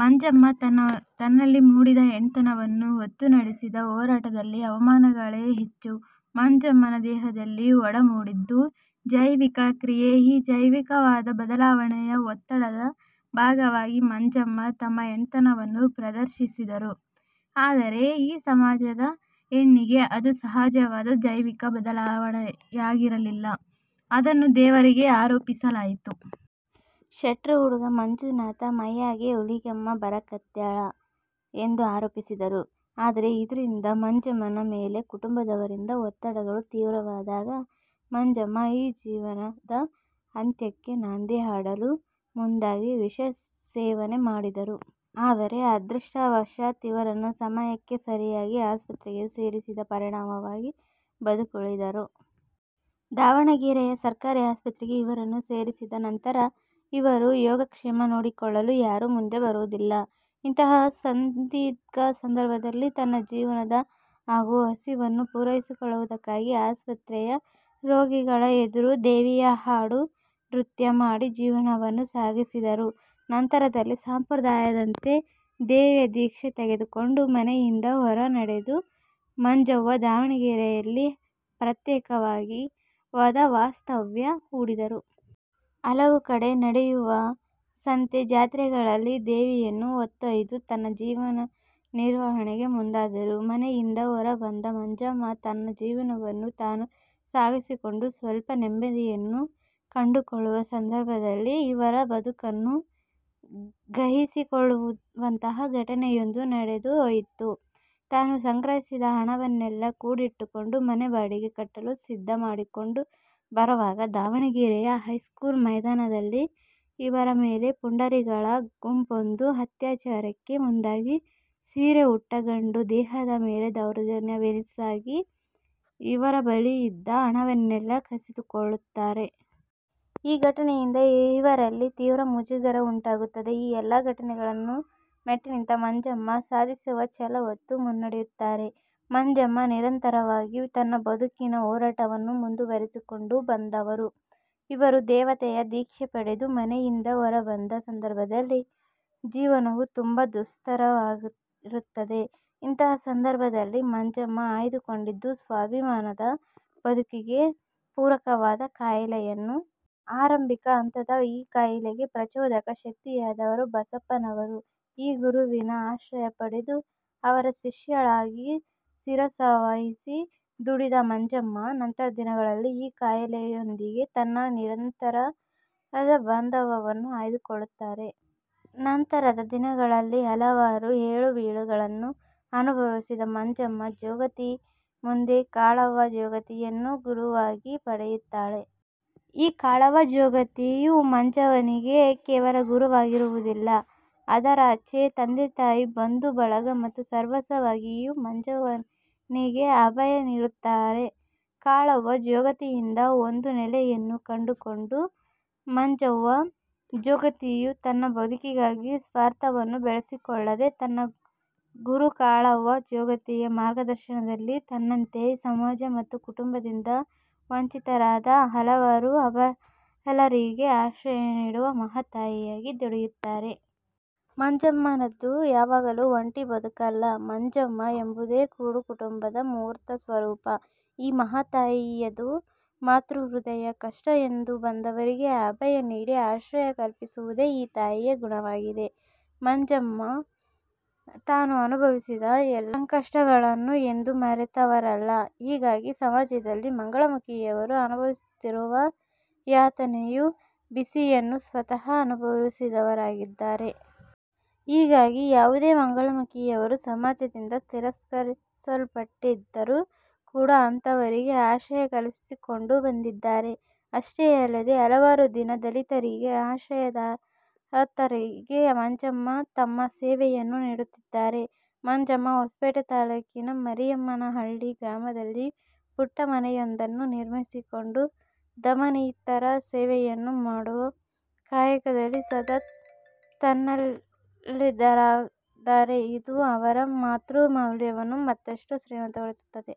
ಮಂಜಮ್ಮ ತನ್ನಲ್ಲಿ ಮೂಡಿದ ಹೆಣ್ತನವನ್ನು ಹೊತ್ತು ನಡೆಸಿದ ಹೋರಾಟದಲ್ಲಿ ಅವಮಾನಗಳೆ ಹೆಚ್ಚು. ಮಂಜಮ್ಮನ ದೇಹದಲ್ಲಿ ಒಡಮೂಡಿದ್ದು ಜೈವಿಕ ಕ್ರಿಯೆ. ಈ ಜೈವಿಕವಾದ ಬದಲಾವಣೆಯ ಒತ್ತಡದ ಭಾಗವಾಗಿ ಮಂಜಮ್ಮ ತಮ್ಮ ಹೆಣ್ತನವನ್ನು ಪ್ರದರ್ಶಿಸಿದರು. ಆದರೆ ಈ ಸಮಾಜದ ಕಣ್ಣಿಗೆ ಅದು ಸಹಜವಾದ ಜೈವಿಕ ಬದಲಾವಣೆಯಾಗಿರಲಿಲ್ಲ. ಅದನ್ನು ದೇವರಿಗೆ ಆರೋಪಿಸಲಾಯಿತು. 'ಶೆಟ್ರು ಹುಡುಗ ಮಂಜುನಾಥನ ಮೈಯಾಗೆ ಹುಲಿಗೆಮ್ಮ ಬರಕತ್ಯಾಳೆ' ಎಂದು ಆರೋಪಿಸಿದರು. ಆದರೆ ಇದರಿಂದ ಮಂಜಮ್ಮನ ಮೇಲೆ ಕುಟುಂಬದವರಿಂದ ಒತ್ತಡಗಳು ತೀವ್ರವಾದಾಗ ಮಂಜಮ್ಮ ಈ ಜೀವದ ಅಂತ್ಯಕ್ಕೆ ನಾಂದಿ ಹಾಡಲು ಮುಂದಾಗಿ ವಿಷ ಸೇವನೆ ಮಾಡಿದರು. ಆದರೆ ಅದೃಷ್ಟವಶತ್ ಇವರನ್ನು ಸಮಯಕ್ಕೆ ಸರಿಯಾಗಿ ಆಸ್ಪತ್ರೆಗೆ ಸೇರಿಸಿದ ಪರಿಣಾಮವಾಗಿ ಬದುಕುಳಿದರು. ದಾವಣಗೆರೆಯ ಸರ್ಕಾರಿ ಆಸ್ಪತ್ರೆಗೆ ಇವರನ್ನು ಸೇರಿಸಿದ ನಂತರ ಇವರ ಯೋಗಕ್ಷೇಮ ನೋಡಿಕೊಳ್ಳಲು ಯಾರು ಮುಂದೆ ಬರುವುದಿಲ್ಲ. ಇಂತಹ ಸಂದಿಗ್ಧ ಸಂದರ್ಭದಲ್ಲಿ ತನ್ನ ಜೀವನ ಹಾಗೂ ಹಸಿವನ್ನು ಪೂರೈಸಿಕೊಳ್ಳುವುದಕ್ಕಾಗಿ ಆಸ್ಪತ್ರೆಯ ರೋಗಿಗಳ ಎದುರು ದೇವಿಯ ಹಾಡು ನೃತ್ಯ ಮಾಡಿ ಜೀವನವನ್ನು ಸಾಗಿಸಿದರು. ನಂತರದಲ್ಲಿ ಸಂಪ್ರದಾಯದಂತೆ ದೇವಿಯ ದೀಕ್ಷೆ ತೆಗೆದುಕೊಂಡು ಮನೆಯಿಂದ ಹೊರ ನಡೆದ ಮಂಜವ್ವ ದಾವಣಗೆರೆಯಲ್ಲಿ ಪ್ರತ್ಯೇಕವಾದ ವಾಸ್ತವ್ಯ ಹೂಡಿದರು. ಹಲವು ಕಡೆ ನಡೆಯುವ ಸಂತೆ, ಜಾತ್ರೆಗಳಲ್ಲಿ ದೇವಿಯನ್ನು ಹೊತ್ತೊಯ್ದು ತನ್ನ ಜೀವನ ನಿರ್ವಹಣೆಗೆ ಮುಂದಾದರು. ಮನೆಯಿಂದ ಹೊರಬಂದ ಮಂಜಮ್ಮ ತನ್ನ ಜೀವನವನ್ನು ತಾನು ಸಾಗಿಸಿಕೊಂಡು ಸ್ವಲ್ಪ ನೆಮ್ಮದಿಯನ್ನು ಕಂಡುಕೊಳ್ಳುವ ಸಂದರ್ಭದಲ್ಲಿ ಇವರ ಬದುಕನ್ನು ಘಾಸಿಗೊಳಿಸುವಂತಹ ಘಟನೆಯೊಂದು ನಡೆದು ಹೋಗಿತ್ತು. ತಾನು ಸಂಗ್ರಹಿಸಿದ ಹಣವನ್ನೆಲ್ಲ ಕೂಡಿಟ್ಟುಕೊಂಡು ಮನೆ ಬಾಡಿಗೆ ಕಟ್ಟಲು ಸಿದ್ಧ ಮಾಡಿಕೊಂಡು ಬರುವಾಗ ದಾವಣಗೆರೆಯ ಹೈಸ್ಕೂಲು ಮೈದಾನದಲ್ಲಿ ಇವರ ಮೇಲೆ ಪುಢಾರಿಗಳ ಗುಂಪೊಂದು ಅತ್ಯಾಚಾರಕ್ಕೆ ಮುಂದಾಗಿ, ಸೀರೆ ಉಟ್ಟ ಗಂಡು ದೇಹದ ಮೇಲೆ ದೌರ್ಜನ್ಯವೆಸಗಿ, ಇವರ ಬಳಿಯಿದ್ದ ಹಣವನ್ನೆಲ್ಲ ಕಸಿದುಕೊಳ್ಳುತ್ತಾರೆ. ಈ ಘಟನೆಯಿಂದ ಇವರಲ್ಲಿ ತೀವ್ರ ಮುಜುಗರ ಉಂಟಾಗುತ್ತದೆ. ಈ ಎಲ್ಲಾ ಘಟನೆಗಳನ್ನು ಮೆಟ್ಟಿನಿಂತ ಮಂಜಮ್ಮ ಸಾಧಿಸುವ ಛಲವೊತ್ತು ಮುನ್ನಡೆಯುತ್ತಾರೆ. ಮಂಜಮ್ಮ ನಿರಂತರವಾಗಿ ತನ್ನ ಬದುಕಿನ ಹೋರಾಟವನ್ನು ಮುಂದುವರೆಸಿಕೊಂಡು ಬಂದವರು. ಇವರು ದೇವತೆಯ ದೀಕ್ಷೆ ಪಡೆದು ಮನೆಯಿಂದ ಹೊರಬಂದ ಸಂದರ್ಭದಲ್ಲಿ ಜೀವನವು ತುಂಬಾ ದುಸ್ತರವಾಗಿರುತ್ತದೆ. ಇಂತಹ ಸಂದರ್ಭದಲ್ಲಿ ಮಂಜಮ್ಮ ಆಯ್ದುಕೊಂಡಿದ್ದು ಸ್ವಾಭಿಮಾನದ ಬದುಕಿಗೆ ಪೂರಕವಾದ ಕಲೆಯನ್ನು. ಆರಂಭಿಕ ಹಂತದ ಈ ಕಲೆಗೆ ಪ್ರಚೋದಕ ಶಕ್ತಿಯಾದವರು ಬಸಪ್ಪನವರು. ಈ ಗುರುವಿನ ಆಶ್ರಯ ಪಡೆದು, ಅವರ ಶಿಷ್ಯಳಾಗಿ ಶಿರಸಾವಹಿಸಿ ದುಡಿದ ಮಂಜಮ್ಮ ನಂತರ ದಿನಗಳಲ್ಲಿ ಈ ಕಲೆಯೊಂದಿಗೆ ತನ್ನ ನಿರಂತದ ಬಂಧವನ್ನು ಕಾಯ್ದುಕೊಳ್ಳುತ್ತಾರೆ. ನಂತರದ ದಿನಗಳಲ್ಲಿ ಹಲವಾರು ಏಳುಬೀಳುಗಳನ್ನು ಅನುಭವಿಸಿದ ಮಂಜಮ್ಮ ಜೋಗತಿ ಮುಂದೆ ಕಾಳವ್ವ ಜೋಗತಿಯನ್ನು ಗುರುವಾಗಿ ಪಡೆಯುತ್ತಾಳೆ. ಈ ಕಾಳವ್ವ ಜೋಗತಿಯು ಮಂಜವ್ವನಿಗೆ ಕೇವಲ ಗುರುವಾಗಿರುವುದಿಲ್ಲ. ಅದರಾಚೆ ತಂದೆ ತಾಯಿ, ಬಂಧು ಬಳಗ ಮತ್ತು ಸರ್ವಸ್ವವಾಗಿಯೂ ಮಂಜವ್ವನಿಗೆ ಅಭಯ ನೀಡುತ್ತಾರೆ. ಕಾಳವ್ವ ಜೋಗತಿಯಿಂದ ಒಂದು ನೆಲೆಯನ್ನು ಕಂಡುಕೊಂಡ ಮಂಜವ್ವ ಜೋಗತಿಯು ತನ್ನ ಬದುಕಿಗಾಗಿ ಸ್ವಾರ್ಥವನ್ನು ಬೆಳೆಸಿಕೊಳ್ಳದೆ, ತನ್ನ ಗುರು ಕಾಳವ್ವ ಜೋಗತಿಯ ಮಾರ್ಗದರ್ಶನದಲ್ಲಿ ತನ್ನಂತೆ ಸಮಾಜ ಮತ್ತು ಕುಟುಂಬದಿಂದ ವಂಚಿತರಾದ ಹಲವಾರು ಅಬಲರಿಗೆ ಆಶ್ರಯ ನೀಡುವ ಮಹಾತಾಯಿಯಾಗಿ ದುಡಿಯುತ್ತಾರೆ. ಮಂಜಮ್ಮನದು ಯಾವಾಗಲೂ ಒಂಟಿ ಬದುಕಲ್ಲ. ಮಂಜವ್ವ ಎಂಬುದೇ ಕೂಡು ಕುಟುಂಬದ ಮೂರ್ತ ಸ್ವರೂಪ. ಈ ಮಹಾತಾಯಿಯದು ಮಾತೃ ಹೃದಯ. ಕಷ್ಟ ಎಂದು ಬಂದವರಿಗೆ ಅಭಯ ನೀಡಿ ಆಶ್ರಯ ಕಲ್ಪಿಸುವುದೆ ಈ ತಾಯಿಯ ಗುಣವಾಗಿದೆ. ಮಂಜಮ್ಮ ತಾನು ಅನುಭವಿಸಿದ ಎಲ್ಲಾ ಸಂಕಷ್ಟಗಳನ್ನು ಎಂದು ಮರೆತವರಲ್ಲ. ಹೀಗಾಗಿ ಸಮಾಜದಲ್ಲಿ ಮಂಗಳಮುಖಿಯರು ಅನುಭವಿಸುತ್ತಿರುವ ಯಾತನೆಯ ಬಿಸಿಯನ್ನು ಸ್ವತಃ ಅನುಭವಿಸಿದವರಾಗಿದ್ದಾರೆ. ಹೀಗಾಗಿ ಯಾವುದೇ ಮಂಗಳಮುಖಿಯರು ಸಮಾಜದಿಂದ ತಿರಸ್ಕರಿಸಲ್ಪಟ್ಟಿದ್ದರು ಕೂಡ ಅಂತಹವರಿಗೆ ಆಶ್ರಯ ಕಲ್ಪಿಸಿಕೊಂಡು ಬಂದಿದ್ದಾರೆ. ಅಷ್ಟೇ ಅಲ್ಲದೆ ಹಲವಾರು ದೀನ ದಲಿತರಿಗೆ ಆಶ್ರಯಧಾತರಾಗಿ ಮಂಜಮ್ಮ ತಮ್ಮ ಸೇವೆಯನ್ನು ನೀಡುತ್ತಿದ್ದಾರೆ. ಮಂಜಮ್ಮ ಹೊಸಪೇಟೆ ತಾಲ್ಲೂಕಿನ ಮರಿಯಮ್ಮನಹಳ್ಳಿ ಗ್ರಾಮದಲ್ಲಿ ಪುಟ್ಟ ಮನೆಯೊಂದನ್ನು ನಿರ್ಮಿಸಿಕೊಂಡು ದಮನಿತರ ಸೇವೆಯನ್ನು ಮಾಡುವ ಕಾಯಕದಲ್ಲಿ ಸದಾ ತಲ್ಲಿನರಾಗಿದ್ದಾರೆ. ಇದು ಅವರ ಮಾತೃ ಮೌಲ್ಯವನ್ನು ಮತ್ತಷ್ಟು ಶ್ರೀಮಂತಗೊಳಿಸುತ್ತದೆ.